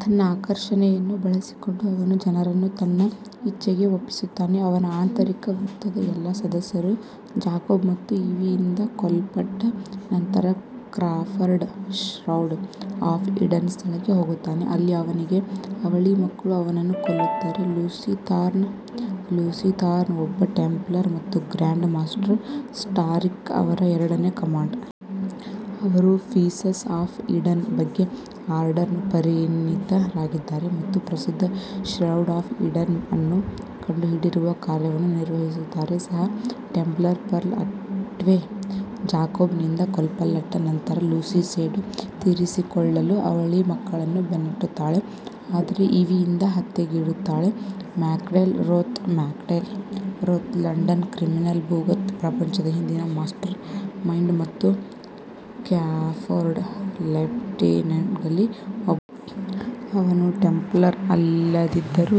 ತನ್ನ ಆಕರ್ಷಣೆಯನ್ನು ಬಳಸಿಕೊಂಡು, ಅವನು ಜನರನ್ನು ತನ್ನ ಇಚ್ಛೆಗೆ ಒಪ್ಪಿಸುತ್ತಾನೆ. ಅವನ ಆಂತರಿಕ ವೃತ್ತದ ಎಲ್ಲಾ ಸದಸ್ಯರು ಜಾಕೋಬ್ ಮತ್ತು ಇವಿಯಿಂದ ಕೊಲ್ಲಲ್ಪಟ್ಟ ನಂತರ, ಕ್ರಾಫರ್ಡ್ ಶ್ರೌಡ್ ಆಫ್ ಈಡನ್ ಸ್ಥಳಕ್ಕೆ ಹೋಗುತ್ತಾನೆ, ಅಲ್ಲಿ ಅವನಿಗೆ ಅವಳಿ ಮಕ್ಕಳು ಅವನನ್ನು ಕೊಲ್ಲುತ್ತಾರೆ. ಲೂಸಿ ಥಾರ್ನ್ ಲೂಸಿ ಥಾರ್ನ್ ಒಬ್ಬ ಟೆಂಪ್ಲರ್ ಮತ್ತು ಗ್ರ್ಯಾಂಡ್ ಮಾಸ್ಟರ್ ಸ್ಟಾರ್ರಿಕ್ ಅವರ ಎರಡನೇ-ಕಮಾಂಡ್. ಅವರು ಪೀಸಸ್ ಆಫ್ ಈಡನ್ ಬಗ್ಗೆ ಆರ್ಡರ್ನ ಪರಿಣತರಾಗಿದ್ದಾರೆ ಮತ್ತು ಪ್ರಸಿದ್ಧ ಶ್ರೌಡ್ ಆಫ್ ಈಡನ್ ಅನ್ನು ಕಂಡುಹಿಡಿಯುವ ಕಾರ್ಯವನ್ನು ನಿರ್ವಹಿಸುತ್ತಾರೆ. ಸಹ ಟೆಂಪ್ಲರ್ ಪರ್ಲ್ ಅಟ್ವೇ ಜಾಕೋಬ್ನಿಂದ ಕೊಲ್ಲಲ್ಪಟ್ಟ ನಂತರ, ಲೂಸಿ ಸೇಡು ತೀರಿಸಿಕೊಳ್ಳಲು ಅವಳಿ ಮಕ್ಕಳನ್ನು ಬೆನ್ನಟ್ಟುತ್ತಾಳೆ, ಆದರೆ ಇವಿಯಿಂದ ಹತ್ಯೆಗೀಡಾಗುತ್ತಾಳೆ. ಮ್ಯಾಕ್ಸ್ವೆಲ್ ರೋತ್ ಮ್ಯಾಕ್ಸ್ವೆಲ್ ರೋತ್ ಲಂಡನ್ನ ಕ್ರಿಮಿನಲ್ ಭೂಗತ ಪ್ರಪಂಚದ ಹಿಂದಿನ ಮಾಸ್ಟರ್ ಮೈಂಡ್ ಮತ್ತು ಕ್ರಾಫೋರ್ಡ್ನ ಲೆಫ್ಟಿನೆಂಟ್ಗಳಲ್ಲಿ ಒಬ್ಬರು. ಅವನು ಟೆಂಪ್ಲರ್ ಅಲ್ಲದಿದ್ದರೂ,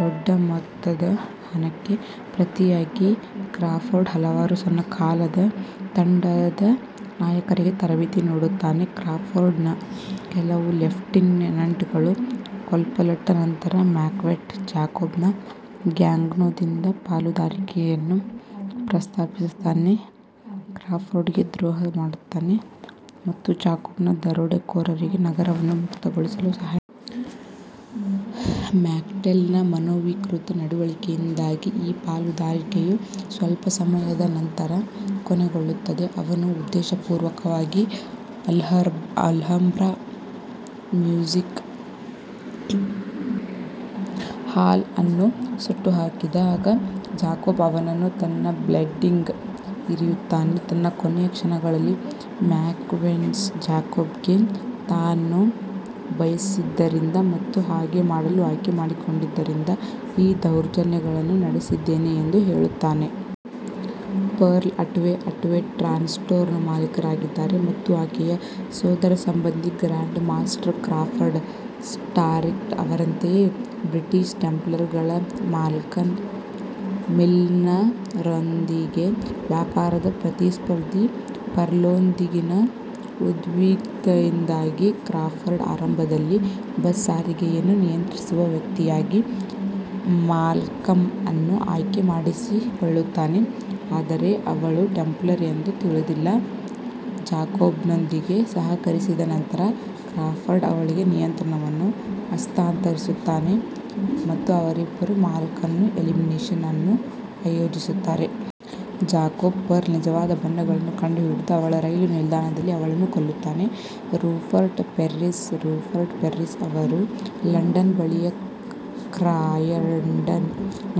ದೊಡ್ಡ ಮೊತ್ತದ ಹಣಕ್ಕೆ ಪ್ರತಿಯಾಗಿ ಕ್ರಾಫೋರ್ಡ್ನ ಹಲವಾರು ಸಣ್ಣ-ಕಾಲದ ತಂಡದ ನಾಯಕರಿಗೆ ತರಬೇತಿ ನೀಡುತ್ತಾನೆ. ಕ್ರಾಫೋರ್ಡ್ನ ಕೆಲವು ಲೆಫ್ಟಿನೆಂಟ್ಗಳು ಕೊಲ್ಲಲ್ಪಟ್ಟ ನಂತರ, ಮ್ಯಾಕ್ಸ್ವೆಲ್ ಜಾಕೋಬ್ನ ಗ್ಯಾಂಗ್ನೊಂದಿಗೆ ಪಾಲುದಾರಿಕೆಯನ್ನು ಪ್ರಸ್ತಾಪಿಸುತ್ತಾನೆ, ಕ್ರಾಫೋರ್ಡ್ಗೆ ದ್ರೋಹ ಮಾಡುತ್ತಾನೆ ಮತ್ತು ಜಾಕೋಬ್ನ ದರೋಡೆಕೋರರಿಗೆ ನಗರವನ್ನು ಮುಕ್ತಗೊಳಿಸಲು ಸಹಾಯ ಮಾಡುತ್ತಾನೆ. ಮ್ಯಾಕ್ಸ್ವೆಲ್ನ ಮನೋವಿಕೃತ ನಡವಳಿಕೆಯಿಂದಾಗಿ ಈ ಪಾಲುದಾರಿಕೆಯು ಸ್ವಲ್ಪ ಸಮಯದ ನಂತರ ಕೊನೆಗೊಳ್ಳುತ್ತದೆ. ಅವನು ಉದ್ದೇಶಪೂರ್ವಕವಾಗಿ ಅಲ್ಹಂಬ್ರಾ ಮ್ಯೂಸಿಕ್ ಹಾಲ್ ಅನ್ನು ಸುಟ್ಟುಹಾಕಿದಾಗ, ಜಾಕೋಬ್ ಅವನನ್ನು ತನ್ನ ಬ್ಲೇಡ್ನಿಂದ ಇರಿಯುತ್ತಾನೆ. ತನ್ನ ಕೊನೆಯ ಕ್ಷಣಗಳಲ್ಲಿ, ಮ್ಯಾಕ್ಸ್ವೆಲ್ ಜಾಕೋಬ್ಗೆ ತಾನು ಬಯಸಿದ್ದರಿಂದ ಮತ್ತು ಹಾಗೆ ಮಾಡಲು ಆಯ್ಕೆ ಮಾಡಿಕೊಂಡಿದ್ದರಿಂದ ಈ ದೌರ್ಜನ್ಯಗಳನ್ನು ನಡೆಸಿದ್ದೇನೆ ಎಂದು ಹೇಳುತ್ತಾನೆ. ಪರ್ಲ್ ಅಟ್ವೇ ಅಟ್ವೇ ಟ್ರಾನ್ಸ್ಪೋರ್ಟ್ನ ಮಾಲೀಕರಾಗಿದ್ದಾರೆ ಮತ್ತು ಆಕೆಯ ಸೋದರಸಂಬಂಧಿ ಗ್ರ್ಯಾಂಡ್ ಮಾಸ್ಟರ್ ಕ್ರಾಫರ್ಡ್ ಸ್ಟಾರ್ರಿಕ್ ಅವರಂತೆಯೇ ಬ್ರಿಟಿಷ್ ಟೆಂಪ್ಲರ್ಗಳ ಸದಸ್ಯರಾಗಿದ್ದಾರೆ. ಪರ್ಲ್ ಮತ್ತೊಬ್ಬ ಟೆಂಪ್ಲರ್ ಮಾಲ್ಕಮ್ ಮಿಲ್ನರ್ರೊಂದಿಗೆ ವ್ಯಾಪಾರದ ಪ್ರತಿಸ್ಪರ್ಧಿ. ಪರ್ಲ್ನೊಂದಿಗಿನ ಉದ್ವಿಗ್ನತೆಯಿಂದಾಗಿ ಕ್ರಾಫರ್ಡ್ ಆರಂಭದಲ್ಲಿ ಬಸ್ ಸಾರಿಗೆಯನ್ನು ನಿಯಂತ್ರಿಸುವ ವ್ಯಕ್ತಿಯಾಗಿ ಮಾಲ್ಕಮ್ ಅನ್ನು ಆಯ್ಕೆ ಮಾಡಿಕೊಳ್ಳುತ್ತಾನೆ, ಆದರೆ ಅವಳು ಟೆಂಪ್ಲರ್ ಎಂದು ತಿಳಿದಿಲ್ಲದ ಜಾಕೋಬ್ನೊಂದಿಗೆ ಸಹಕರಿಸಿದ ನಂತರ, ಕ್ರಾಫರ್ಡ್ ಅವಳಿಗೆ ನಿಯಂತ್ರಣವನ್ನು ಹಸ್ತಾಂತರಿಸುತ್ತಾನೆ ಮತ್ತು ಅವರಿಬ್ಬರೂ ಮಾಲ್ಕಮ್ನ ಎಲಿಮಿನೇಷನ್ ಅನ್ನು ಆಯೋಜಿಸುತ್ತಾರೆ. ಜಾಕೋಬ್ ಪರ್ಲ್ನ ನಿಜವಾದ ಬಣ್ಣಗಳನ್ನು ಕಂಡುಹಿಡಿದು ಅವಳ ರೈಲು ನಿಲ್ದಾಣದಲ್ಲಿ ಅವಳನ್ನು ಕೊಲ್ಲುತ್ತಾನೆ. ರೂಪರ್ಟ್ ಫೆರ್ರಿಸ್ ರೂಪರ್ಟ್ ಫೆರ್ರಿಸ್ ಅವರು ಲಂಡನ್ ಬಳಿಯ ಕ್ರಾಯ್ಡನ್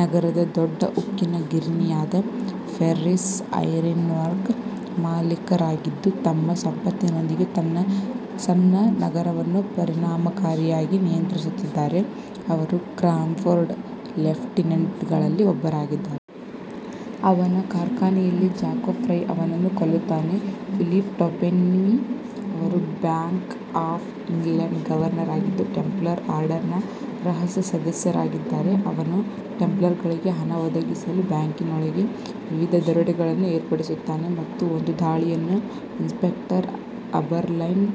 ನಗರದ ದೊಡ್ಡ ಉಕ್ಕಿನ ಗಿರಣಿಯಾದ ಫೆರ್ರಿಸ್ ಐರನ್ವರ್ಕ್ಸ್ನ ಮಾಲೀಕರಾಗಿದ್ದು, ತಮ್ಮ ಸಂಪತ್ತಿನೊಂದಿಗೆ ಸಣ್ಣ ನಗರವನ್ನು ಪರಿಣಾಮಕಾರಿಯಾಗಿ ನಿಯಂತ್ರಿಸುತ್ತಿದ್ದಾರೆ. ಅವರು ಕ್ರಾಫೋರ್ಡ್ನ ಲೆಫ್ಟಿನೆಂಟ್ಗಳಲ್ಲಿ ಒಬ್ಬರಾಗಿದ್ದಾರೆ. ಅವನ ಕಾರ್ಖಾನೆಯಲ್ಲಿ ಜಾಕೋಬ್ ಫ್ರೈ ಅವನನ್ನು ಕೊಲ್ಲುತ್ತಾನೆ. ಫಿಲಿಪ್ ಟ್ವೊಪೆನ್ನಿ ಅವರು ಬ್ಯಾಂಕ್ ಆಫ್ ಇಂಗ್ಲೆಂಡ್ನ ಗವರ್ನರ್ ಆಗಿದ್ದು, ಟೆಂಪ್ಲರ್ ಆರ್ಡರ್ನ ರಹಸ್ಯ ಸದಸ್ಯರಾಗಿದ್ದಾರೆ. ಅವನು ಟೆಂಪ್ಲರ್ಗಳಿಗೆ ಹಣ ಒದಗಿಸಲು ಬ್ಯಾಂಕಿನೊಳಗೆ ವಿವಿಧ ದರೋಡೆಗಳನ್ನು ಏರ್ಪಡಿಸುತ್ತಾನೆ, ಮತ್ತು ಒಂದು ದಾಳಿಯಲ್ಲಿ, ಇನ್ಸ್ಪೆಕ್ಟರ್ ಅಬರ್ಲೈನ್ನ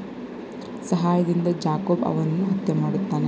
ಸಹಾಯದಿಂದ ಜಾಕೋಬ್ ಅವನನ್ನು ಹತ್ಯೆ ಮಾಡುತ್ತಾನೆ.